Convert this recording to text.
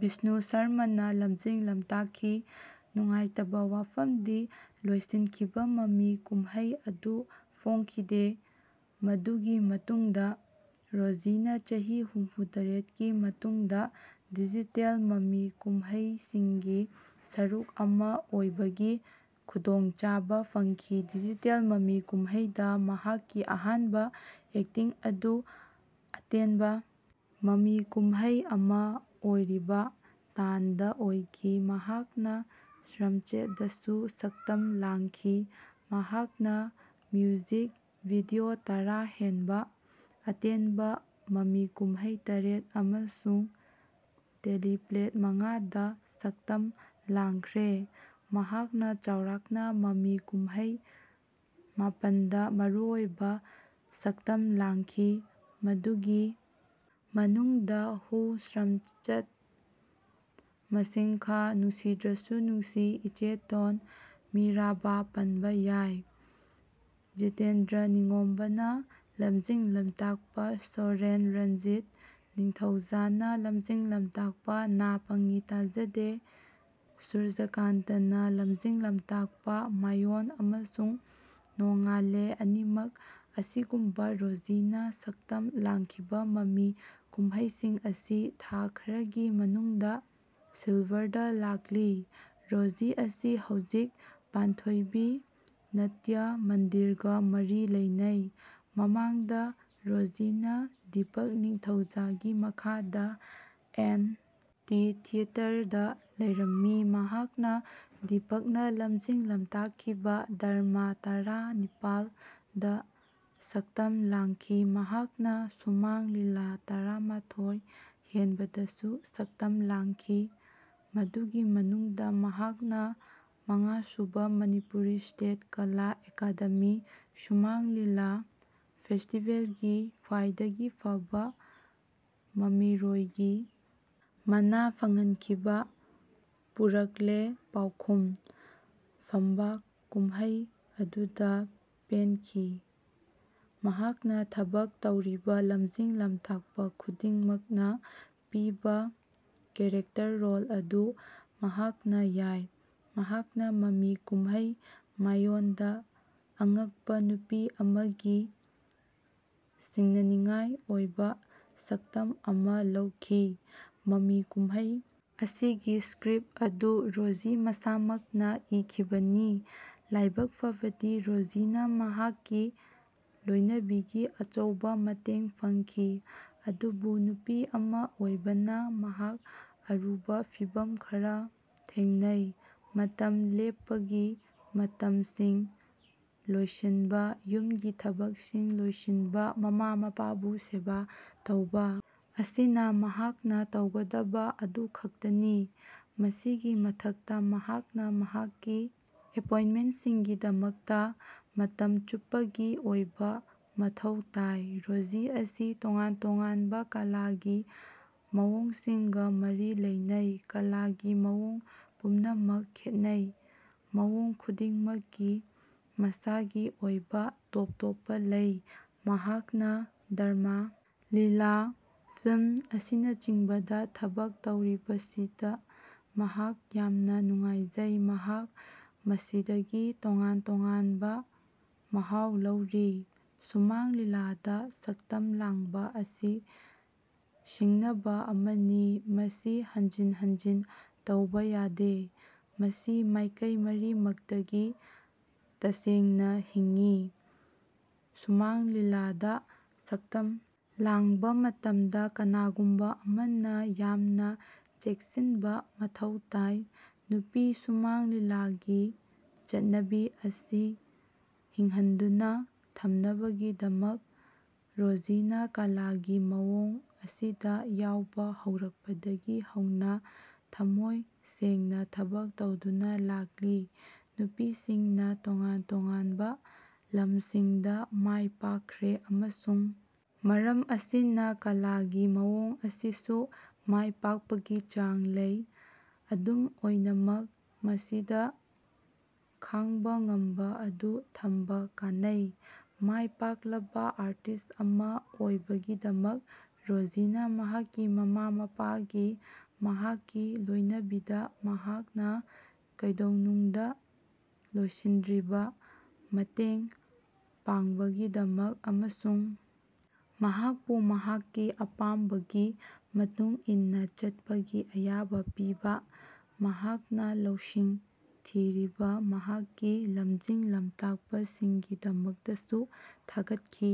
ꯕꯤꯁꯅꯨ ꯁꯔꯃꯥꯅ ꯂꯝꯖꯤꯡ-ꯂꯝꯇꯥꯛꯈꯤ꯫ ꯅꯨꯡꯉꯥꯏꯇꯕ ꯋꯥꯐꯝꯗꯤ ꯂꯣꯏꯁꯤꯟꯈꯤꯕ ꯃꯃꯤ ꯀꯨꯝꯍꯩ ꯑꯗꯨ ꯐꯣꯡꯈꯤꯗꯦ꯫ ꯃꯗꯨꯒꯤ ꯃꯇꯨꯡꯗ ꯔꯣꯖꯤꯅ ꯆꯍꯤ ꯍꯨꯝꯐꯨ ꯇꯔꯦꯠꯀꯤ ꯃꯇꯨꯡꯗ ꯗꯤꯖꯤꯇꯦꯜ ꯃꯃꯤ ꯀꯨꯝꯍꯩꯏꯁꯤꯡꯒꯤ ꯁꯔꯨꯛ ꯑꯃ ꯑꯣꯏꯕꯒꯤ ꯈꯨꯗꯣꯡꯆꯥꯕ ꯐꯪꯈꯤ꯫ ꯗꯤꯖꯤꯇꯦꯜ ꯃꯃꯤ ꯀꯨꯝꯍꯩꯗ ꯃꯍꯥꯛꯀꯤ ꯑꯍꯥꯟꯕ ꯑꯦꯛꯇꯤꯡ ꯑꯗꯨ ꯑꯇꯦꯟꯕ ꯃꯃꯤ ꯀꯨꯝꯍꯩ ꯑꯃ ꯑꯣꯏꯔꯤꯕ 'ꯇꯥꯟ'ꯗ ꯑꯣꯏꯈꯤ꯫ ꯃꯍꯥꯛꯅ "ꯁꯔꯝꯆꯦꯠ"ꯗꯁꯨ ꯁꯛꯇꯝ ꯂꯥꯡꯈꯤ꯫ ꯃꯍꯥꯛꯅ ꯃ꯭ꯌꯨꯖꯤꯛ ꯚꯤꯗꯤꯑꯣ ꯇꯔꯥ ꯍꯦꯟꯕ, ꯑꯇꯦꯟꯕ ꯃꯃꯤ ꯀꯨꯝꯍꯩ ꯇꯔꯦꯠ ꯑꯃꯁꯨꯡ ꯇꯦꯂꯤꯄ꯭ꯂꯦ ꯃꯉꯥꯗ ꯁꯛꯇꯝ ꯂꯥꯡꯈ꯭ꯔꯦ꯫ ꯃꯍꯥꯛꯅ ꯆꯥꯎꯔꯥꯛꯅ ꯃꯃꯤ ꯀꯨꯝꯍꯩ ꯃꯥꯄꯟꯗ ꯃꯔꯨꯑꯣꯏꯕ ꯁꯛꯇꯝ ꯂꯥꯡꯈꯤ꯫ ꯃꯗꯨꯒꯤ ꯃꯅꯨꯡꯗ ꯍꯨ, ꯁꯔꯝꯆꯠ, ꯃꯥꯁꯤꯡꯈꯥ, ꯅꯨꯡꯁꯤꯗ꯭ꯔꯁꯨ ꯅꯨꯡꯁꯤ, ꯏꯆꯦꯇꯣꯟ, ꯃꯤꯔꯥꯕꯥ ꯄꯟꯕ ꯌꯥꯏ꯫ ꯖꯤꯇꯦꯟꯗ꯭ꯔ ꯅꯤꯡꯒꯣꯝꯕꯥꯅ ꯂꯝꯖꯤꯡ-ꯂꯝꯇꯥꯛꯄ 'ꯁꯣꯔꯦꯟ', ꯔꯟꯖꯤꯠ ꯅꯤꯡꯊꯧꯖꯥꯅ ꯂꯝꯖꯤꯡ-ꯂꯝꯇꯥꯛꯄ 'ꯅꯥ ꯄꯪ-ꯏ ꯇꯥꯖꯥꯗꯦ', ꯁꯨꯔꯖꯥꯀꯥꯟꯇꯅ ꯂꯝꯖꯤꯡ-ꯂꯝꯇꯥꯛꯄ 'ꯃꯥꯏ-ꯑꯣꯟ' ꯑꯃꯁꯨꯡ 'ꯅꯣꯡꯉꯥꯜꯂꯦ' ꯑꯅꯤꯃꯛ ꯑꯁꯤꯒꯨꯝꯕ ꯔꯣꯖꯤꯅ ꯁꯛꯇꯝ ꯂꯥꯡꯈꯤꯕ ꯃꯃꯤ ꯀꯨꯝꯍꯩꯁꯤꯡ ꯑꯁꯤ ꯊꯥ ꯈꯔꯒꯤ ꯃꯅꯨꯡꯗ ꯁꯤꯜꯚꯔꯗ ꯂꯥꯛꯂꯤ꯫ ꯔꯣꯖꯤ ꯑꯁꯤ ꯍꯧꯖꯤꯛ ꯄꯥꯟꯊꯣꯏꯕꯤ ꯅꯥꯇ꯭ꯌ ꯃꯟꯗꯤꯔꯒ ꯃꯔꯤ ꯂꯩꯅꯩ꯫ ꯃꯃꯥꯡꯗ ꯔꯣꯖꯤꯅ ꯗꯤꯄꯛ ꯅꯤꯡꯊꯧꯖꯥꯒꯤ ꯃꯈꯥꯗ ꯑꯦꯟ. ꯇꯤ. ꯊꯤꯌꯦꯇꯔꯗ ꯂꯩꯔꯝꯃꯤ꯫ ꯃꯍꯥꯛꯅ ꯗꯤꯄꯛꯅ ꯂꯝꯖꯤꯡ-ꯂꯝꯇꯥꯛꯈꯤꯕ ꯗ꯭ꯔꯃꯥ ꯇꯔꯥ ꯅꯤꯄꯥꯜꯗ ꯁꯛꯇꯝ ꯂꯥꯡꯈ꯭ꯤ꯫ ꯃꯍꯥꯛꯅ ꯁꯨꯃꯥꯡ ꯂꯤꯂꯥ ꯇꯔꯥ ꯃꯊꯣꯏ ꯍꯦꯟꯕꯗꯁꯨ ꯁꯛꯇꯝ ꯂꯥꯡꯈꯤ ꯃꯗꯨꯒꯤ ꯃꯅꯨꯡꯗ ꯃꯍꯥꯛꯅ ꯃꯉꯥꯁꯨꯕ ꯃꯅꯤꯄꯨꯔ ꯁ꯭ꯇꯦꯠ ꯀꯥꯂꯥ ꯑꯦꯀꯥꯗꯦꯃꯤ ꯁꯨꯃꯥꯡ ꯂꯤꯂꯥ ꯐꯦꯁꯇꯤꯕꯦꯜꯒꯤ ꯈ꯭ꯋꯥꯏꯗꯒꯤ ꯐꯥꯕ ꯃꯃꯤꯔꯣꯏꯒꯤ ꯃꯅꯥ ꯐꯪꯍꯟꯈꯤꯕ 'ꯄꯨꯔꯥꯛꯂꯦ ꯄꯥꯎꯈꯨꯝ' ꯐꯝꯕꯥꯛ ꯀꯨꯝꯍꯩ ꯑꯗꯨꯗ ꯄꯦꯟꯈꯤ꯫ ꯃꯍꯥꯛꯅ ꯊꯕꯛ ꯇꯧꯔꯤꯕ ꯂꯝꯖꯤꯡ-ꯂꯝꯇꯥꯛꯄ ꯈꯨꯗꯤꯡꯃꯛꯅ ꯄꯤꯕ ꯀꯦꯔꯦꯛꯇꯔ ꯔꯣꯜ ꯑꯗꯨ ꯃꯍꯥꯛꯅ ꯌꯥꯏ꯫ ꯃꯍꯥꯛꯅ ꯃꯃꯤ ꯀꯨꯝꯍꯩ 'ꯃꯥꯏ-ꯑꯣꯟ'ꯗ ꯑꯉꯛꯄ ꯅꯨꯄꯤ ꯑꯃꯒꯤ ꯁꯤꯡꯅꯅꯤꯡꯉꯥꯏ ꯑꯣꯏꯕ ꯁꯛꯇꯝ ꯑꯃꯥ ꯂꯧꯈꯤ꯫ ꯃꯃꯤ ꯀꯨꯝꯍꯩ ꯑꯁꯤꯒꯤ ꯁ꯭ꯀ꯭ꯔꯤꯞ ꯑꯗꯨ ꯔꯣꯖꯤ ꯃꯁꯥꯃꯛꯅ ꯏꯈꯤꯕꯅꯤ꯫ ꯂꯥꯏꯕꯛ ꯐꯕꯗꯤ, ꯔꯣꯖꯤꯅ ꯃꯍꯥꯛꯀꯤ ꯂꯣꯏꯅꯕꯤꯒꯤ ꯑꯆꯧꯕ ꯃꯇꯦꯡ ꯐꯪꯉꯤ꯫ ꯑꯗꯨꯕꯨ ꯅꯨꯄꯤ ꯑꯃ ꯑꯣꯏꯕꯅ ꯃꯍꯥꯛ ꯑꯔꯨꯕ ꯐꯤꯚꯝ ꯈꯔ ꯊꯦꯡꯅꯩ꯫ ꯃꯇꯝ ꯂꯦꯞꯄꯒꯤ ꯃꯇꯝꯁꯤꯡ ꯂꯣꯏꯁꯤꯟꯕ, ꯌꯨꯝꯒꯤ ꯊꯕꯛꯁꯤꯡ ꯂꯣꯏꯁꯤꯟꯕ, ꯃꯃꯥ-ꯃꯄꯥꯕꯨ ꯁꯦꯕꯥ ꯇꯧꯕ ꯑꯁꯤꯅ ꯃꯍꯥꯛꯅ ꯇꯧꯒꯗꯕ ꯑꯗꯨꯈꯛꯇꯅꯤ꯫ ꯃꯁꯤꯒꯤ ꯃꯊꯛꯇ, ꯃꯍꯥꯛꯅ ꯃꯍꯥꯛꯀꯤ ꯑꯦꯄꯣꯏꯟꯃꯦꯟ꯭ꯇꯁꯤꯡꯒꯤꯗꯃꯛꯇ ꯃꯇꯝ ꯆꯨꯞꯄꯒꯤ ꯑꯣꯏꯕ ꯃꯊꯧ ꯇꯥꯏ꯫ ꯔꯣꯖꯤ ꯑꯁꯤ ꯇꯣꯉꯥꯟ-ꯇꯣꯉꯥꯟꯕ ꯀꯂꯥꯒꯤ ꯃꯑꯣꯡꯁꯤꯡꯒ ꯃꯔꯤ ꯂꯩꯅꯩ꯫ ꯀꯂꯥꯒꯤ ꯃꯑꯣꯡ ꯄꯨꯝꯅꯃꯛ ꯈꯦꯠꯅꯩ꯫ ꯃꯑꯣꯡ ꯈꯨꯗꯤꯡꯃꯛꯀꯤ ꯃꯁꯥꯒꯤ ꯑꯣꯏꯕ ꯇꯣꯞ-ꯇꯣꯞꯄ ꯂꯩ꯫ ꯃꯍꯥꯛꯅ ꯗ꯭ꯔꯃꯥ, ꯂꯤꯂꯥ, ꯐꯤꯂꯝ ꯑꯁꯤꯅꯆꯤꯡꯕꯗ ꯊꯕꯛ ꯇꯧꯔꯤꯕꯁꯤꯗ ꯃꯍꯥꯛ ꯌꯥꯝꯅ ꯅꯨꯡꯉꯥꯏꯖꯩ꯫ ꯃꯍꯥꯛ ꯃꯁꯤꯗꯒꯤ ꯇꯣꯉꯥꯟ-ꯇꯣꯉꯥꯟꯕ ꯃꯍꯥꯎ ꯂꯧꯔꯤ꯫ ꯁꯨꯃꯥꯡ ꯂꯤꯂꯥꯗ ꯁꯛꯇꯝ ꯂꯥꯡꯕ ꯑꯁꯤ ꯁꯤꯡꯅꯕ ꯑꯃꯅꯤ, ꯃꯁꯤ ꯍꯟꯖꯤꯟ ꯍꯟꯖꯤꯟ ꯇꯧꯕ ꯌꯥꯗꯦ꯫ ꯃꯁꯤ ꯃꯥꯏꯀꯩ ꯃꯔꯤꯃꯛꯇꯒꯤ ꯇꯁꯦꯡꯅ ꯍꯤꯡꯉꯤ꯫ ꯁꯨꯃꯥꯡ ꯂꯤꯂꯥꯗ ꯁꯛꯇꯝ ꯂꯥꯡꯕ ꯃꯇꯝꯗ ꯀꯅꯥꯒꯨꯝꯕ ꯑꯃꯅ ꯌꯥꯝꯅ ꯆꯦꯛꯁꯤꯟꯕ ꯃꯊꯧ ꯇꯥꯏ꯫ ꯅꯨꯄꯤ ꯁꯨꯃꯥꯡ ꯂꯤꯂꯥꯒꯤ ꯆꯠꯅꯕꯤ ꯑꯁꯤ ꯍꯤꯡꯍꯟꯗꯨꯅ ꯊꯝꯅꯕꯒꯤꯗꯃꯛ, ꯔꯣꯖꯤꯅ ꯀꯂꯥꯒꯤ ꯃꯑꯣꯡ ꯑꯁꯤꯗ ꯌꯥꯎꯕ ꯍꯧꯔꯛꯄꯗꯒꯤ ꯍꯧꯅ ꯊꯃꯣꯏ ꯁꯦꯡꯅ ꯊꯕꯛ ꯇꯧꯗꯨꯅ ꯂꯥꯛꯂꯤ꯫ ꯅꯨꯄꯤꯁꯤꯡꯅ ꯇꯣꯉꯥꯟ-ꯇꯣꯉꯥꯟꯕ ꯂꯝꯁꯤꯡꯗ ꯃꯥꯏ ꯄꯥꯛꯈ꯭ꯔꯦ ꯑꯃꯁꯨꯡ ꯃꯔꯝ ꯑꯁꯤꯅ ꯀꯂꯥꯒꯤ ꯃꯑꯣꯡ ꯑꯁꯤꯁꯨ ꯃꯥꯏ ꯄꯥꯛꯄꯒꯤ ꯆꯥꯡ ꯂꯩ꯫ ꯑꯗꯨꯝ ꯑꯣꯏꯅꯃꯛ, ꯃꯁꯤꯗ ꯈꯥꯡꯕ ꯉꯝꯕ ꯑꯗꯨ ꯊꯝꯕ ꯀꯥꯟꯅꯩ꯫ ꯃꯥꯏ ꯄꯥꯛꯂꯕ ꯑꯥꯔꯇꯤꯁ ꯑꯃꯥ ꯑꯣꯏꯕꯒꯤꯗꯃꯛ ꯔꯣꯖꯤꯅ ꯃꯍꯥꯛꯀꯤ ꯃꯃꯥ-ꯃꯄꯥꯒꯤ, ꯃꯍꯥꯛꯀꯤ ꯂꯣꯏꯅꯕꯤꯗ ꯃꯍꯥꯛꯅ ꯀꯩꯗꯧꯅꯨꯡꯗ ꯂꯣꯏꯁꯤꯟꯗ꯭ꯔꯤꯕ ꯃꯇꯦꯡ ꯄꯥꯡꯕꯒꯤꯗꯃꯛ ꯑꯃꯁꯨꯡ ꯃꯍꯥꯛꯄꯨ ꯃꯍꯥꯛꯀꯤ ꯑꯄꯥꯝꯕꯒꯤ ꯃꯇꯨꯡ ꯏꯟꯅ ꯆꯠꯄꯒꯤ ꯑꯌꯥꯕ ꯄꯤꯕ, ꯃꯍꯥꯛꯅ ꯂꯧꯁꯤꯡ ꯊꯤꯔꯤꯕ ꯃꯍꯥꯛꯀꯤ ꯂꯝꯖꯤꯡ-ꯂꯝꯇꯥꯛꯄꯁꯤꯡꯒꯤꯗꯃꯛꯇꯁꯨ ꯊꯥꯒꯠꯈꯤ꯫